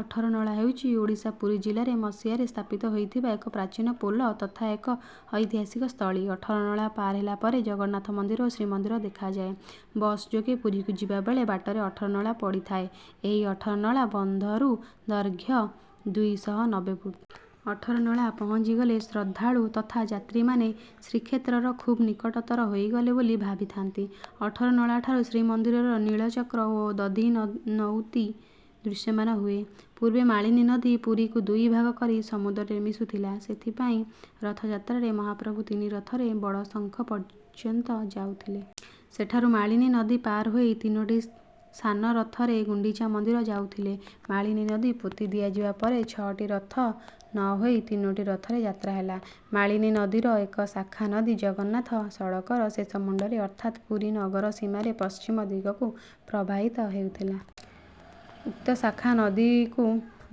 ଅଠରନଳା ହେଉଛି ଓଡ଼ିଶା ପୁରୀ ଜିଲ୍ଲାରେ ମସିହାରେ ସ୍ଥାପିତ ହୋଇଥିବା ଏକ ପ୍ରାଚୀନ ପୋଲ ତଥା ଏକ ଐତିହାସିକ ସ୍ଥଳୀ। ଅଠରନଳା ପାର ହେଲା ପରେ ଜଗନ୍ନାଥ ମନ୍ଦିର ବା ଶ୍ରୀମନ୍ଦିର ଦେଖାଯାଏ। ବସ୍ ଯୋଗେ ପୁରୀକୁ ଯିବା ବେଳେ ବାଟରେ ଅଠରନଳା ପଡ଼ିଥାଏ। ଏହି ଅଠରନଳା ବନ୍ଧର ଦୈର୍ଘ୍ୟ ଦୁଇ ଶହ ନବେ ଫୁଟ। ଅଠରନଳା ପହଞ୍ଚିଗଲେ ଶ୍ରଦ୍ଧାଳୁ ତଥା ଯାତ୍ରୀମାନେ ଶ୍ରୀକ୍ଷେତ୍ରର ଖୁବ୍ ନିକଟତର ହୋଇଗଲେ ବୋଲି ଭାବିଥାନ୍ତି। ଅଠରନଳାଠାରୁ ଶ୍ରୀମନ୍ଦିରର ନୀଳଚକ୍ର ଓ ଦଧିନଉତି ଦୃଶ୍ୟମାନ ହୁଏ। ପୂର୍ବେ ମାଳିନୀ ନଦୀ ପୁରୀକୁ ଦୁଇ ଭାଗ କରି ସମୁଦ୍ରରେ ମିଶୁଥିଲା। ସେଥିପାଇଁ ରଥଯାତ୍ରାରେ ମହାପ୍ରଭୁ ତିନି ରଥରେ ବଡ଼ଶଙ୍ଖ ପର୍ଯ୍ୟନ୍ତ ଯାଉଥିଲେ। ସେଠାରୁ ମାଳିନୀ ନଦୀ ପାର ହୋଇ ତିନୋଟି ସାନ ରଥରେ ଗୁଣ୍ଡିଚା ମନ୍ଦିର ଯାଉଥିଲେ। ମାଳିନୀ ନଦୀ ପୋତି ଦିଆଯିବା ପରେ ଛଅଟି ରଥ ନ ହୋଇ ତିନୋଟି ରଥରେ ଯାତ୍ରା ହେଲା। ମାଳିନୀ ନଦୀର ଏକ ଶାଖା ନଦୀ ଜଗନ୍ନାଥ ସଡ଼କର ଶେଷ ମୁଣ୍ଡରେ ଅର୍ଥାତ୍ ପୁରୀ ନଗର ସୀମାରେ ପଶ୍ଚିମ ଦିଗକୁ ପ୍ରବାହିତ ହେଉଥିଲା। ଉକ୍ତ ଶାଖା ନଦୀକୁ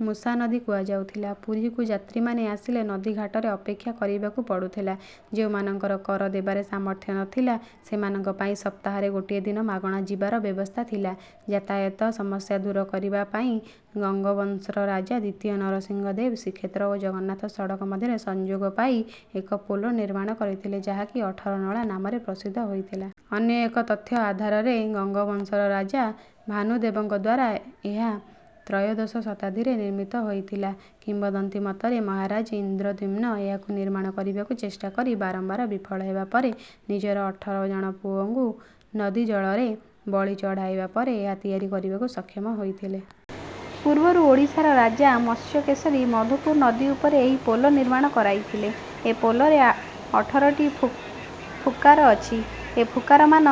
ମୁଷା ନଦୀ କୁହାଯାଉଥିଲା। ପୁରୀକୁ ଯାତ୍ରୀମାନେ ଆସିଲେ ନଦୀଘାଟରେ ଅପେକ୍ଷା କରିବାକୁ ପଡ଼ୁଥିଲା। ଯେଉଁମାନଙ୍କର କର ଦେବାରେ ସାମର୍ଥ୍ୟ ନଥିଲା, ସେମାନଙ୍କ ପାଇଁ ସପ୍ତାହରେ ଗୋଟିଏ ଦିନ ମାଗଣା ଯିବାର ବ୍ୟବସ୍ଥା ଥିଲା। ଯାତାୟାତ ସମସ୍ୟା ଦୂର କରିବା ପାଇଁ ଗଙ୍ଗବଂଶର ରାଜା ଦ୍ୱିତୀୟ ନରସିଂହଦେବ ଶ୍ରୀକ୍ଷେତ୍ର ଓ ଜଗନ୍ନାଥ ସଡ଼କ ମଧ୍ୟରେ ସଂଯୋଗ ପାଇଁ ଏକ ପୋଲ ନିର୍ମାଣ କରିଥିଲେ, ଯାହାକି 'ଅଠରନଳା' ନାମରେ ପ୍ରସିଦ୍ଧ ହୋଇଥିଲା। ଅନ୍ୟ ଏକ ତଥ୍ୟ ଆଧାରରେ ଗଙ୍ଗବଂଶର ରାଜା ଭାନୁଦେବଙ୍କ ଦ୍ୱାରା ଏହା ତ୍ରୟୋଦଶ ଶତାବ୍ଦୀରେ ନିର୍ମିତ ହୋଇଥିଲା। କିମ୍ବଦନ୍ତୀ ମତରେ ମହାରାଜା ଇନ୍ଦ୍ରଦ୍ୟୁମ୍ନ ଏହାକୁ ନିର୍ମାଣ କରିବାକୁ ଚେଷ୍ଟା କରି ବାରମ୍ବାର ବିଫଳ ହେବା ପରେ ନିଜର ଅଠର ଜଣ ପୁଅଙ୍କୁ ନଦୀ ଜଳରେ ବଳି ଚଢ଼ାଇବା ପରେ ଏହା ତିଆରି କରିବାକୁ ସକ୍ଷମ ହୋଇଥିଲେ। ପୂର୍ବରୁ ଓଡ଼ିଶାର ରାଜା ମତ୍ସ୍ୟକେଶରୀ ମଧୁପୁର ନଦୀ ଉପରେ ଏହି ପୋଲ ନିର୍ମାଣ କରାଇଥିଲେ। ଏ ପୋଲରେ ଅଠରଟି ଫୁକାର ଅଛି। ଏ ଫୁକାରମାନ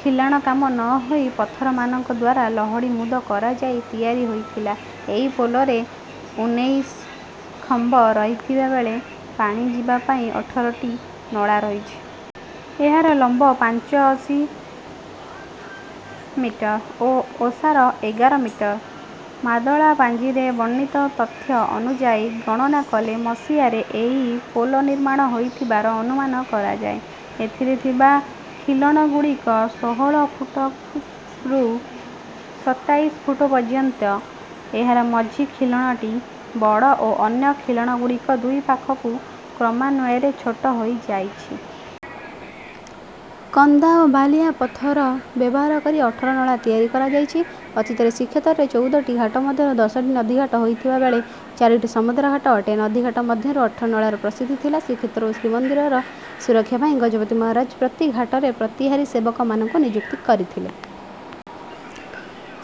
ଖିଲାଣକାମ ନ ହୋଇ ପଥରମାନଙ୍କ ଦ୍ୱାରା ଲହଡ଼ିମୁଦ କରାଯାଇ ତିଆରି ହୋଇଥିଲା। ଏହି ପୋଲରେ ଉନେଇଶ ଖମ୍ବ ରହିଥିବା ବେଳେ ପାଣି ଯିବା ପାଇଁ ଅଠରଟି ନଳା ରହିଛି। ଏହାର ଲମ୍ବ ପାଞ୍ଚଅଶୀ ମିଟର ଓ ଓସାର ଏଗାର ମିଟର। ମାଦଳା ପାଞ୍ଜିରେ ବର୍ଣ୍ଣିତ ତଥ୍ୟ ଅନୁଯାୟୀ ଗଣନା କଲେ ମସିହାରେ ଏହି ପୋଲ ନିର୍ମାଣ ହୋଇଥିବାର ଅନୁମାନ କରାଯାଏ। ଏଥିରେ ଥିବା ଖିଲଣଗୁଡ଼ିକ ଷୋହଳ ଫୁଟରୁ ସତାଇଶ ଫୁଟ ପର୍ଯ୍ୟନ୍ତ। ଏହାର ମଝି ଖିଲଣଟି ବଡ଼ ଓ ଅନ୍ୟ ଖିଲଣଗୁଡ଼ିକ ଦୁଇପାଖକୁ କ୍ରମାନ୍ୱୟରେ ଛୋଟ ହୋଇଯାଇଛି। କନ୍ଦା ଓ ବାଲିଆ ପଥର ବ୍ୟବହାର କରି ଅଠରନଳା ତିଆରି କରାଯାଇଛି। ଅତୀତରେ ଶ୍ରୀକ୍ଷେତ୍ରରେ ଚଉଦଟି ଘାଟ ମଧ୍ୟରୁ ଦଶଟି ନଦୀଘାଟ ହୋଇଥିବା ବେଳେ ଚାରିଟି ସମୁଦ୍ରଘାଟ ଅଟେ। ନଦୀଘାଟ ମଧ୍ୟରୁ ଅଠରନଳାର ପ୍ରସିଦ୍ଧି ଥିଲା। ଶ୍ରୀକ୍ଷେତ୍ର ଓ ଶ୍ରୀମନ୍ଦିର ସୁରକ୍ଷା ପାଇଁ ଗଜପତି ମହାରାଜା ପ୍ରତି ଘାଟରେ ପ୍ରତିହାରୀ ସେବକମାନଙ୍କୁ ନିଯୁକ୍ତ କରିଥିଲେ।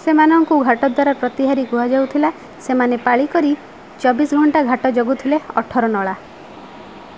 ସେମାନଙ୍କୁ ଘାଟଦ୍ୱାର ପ୍ରତିହାରୀ କୁହାଯାଉଥିଲା। ସେମାନେ ପାଳି କରି ଚବିଶ ଘଣ୍ଟା ଘାଟ ଜଗୁଥିଲେ। ଅଠରନଳା।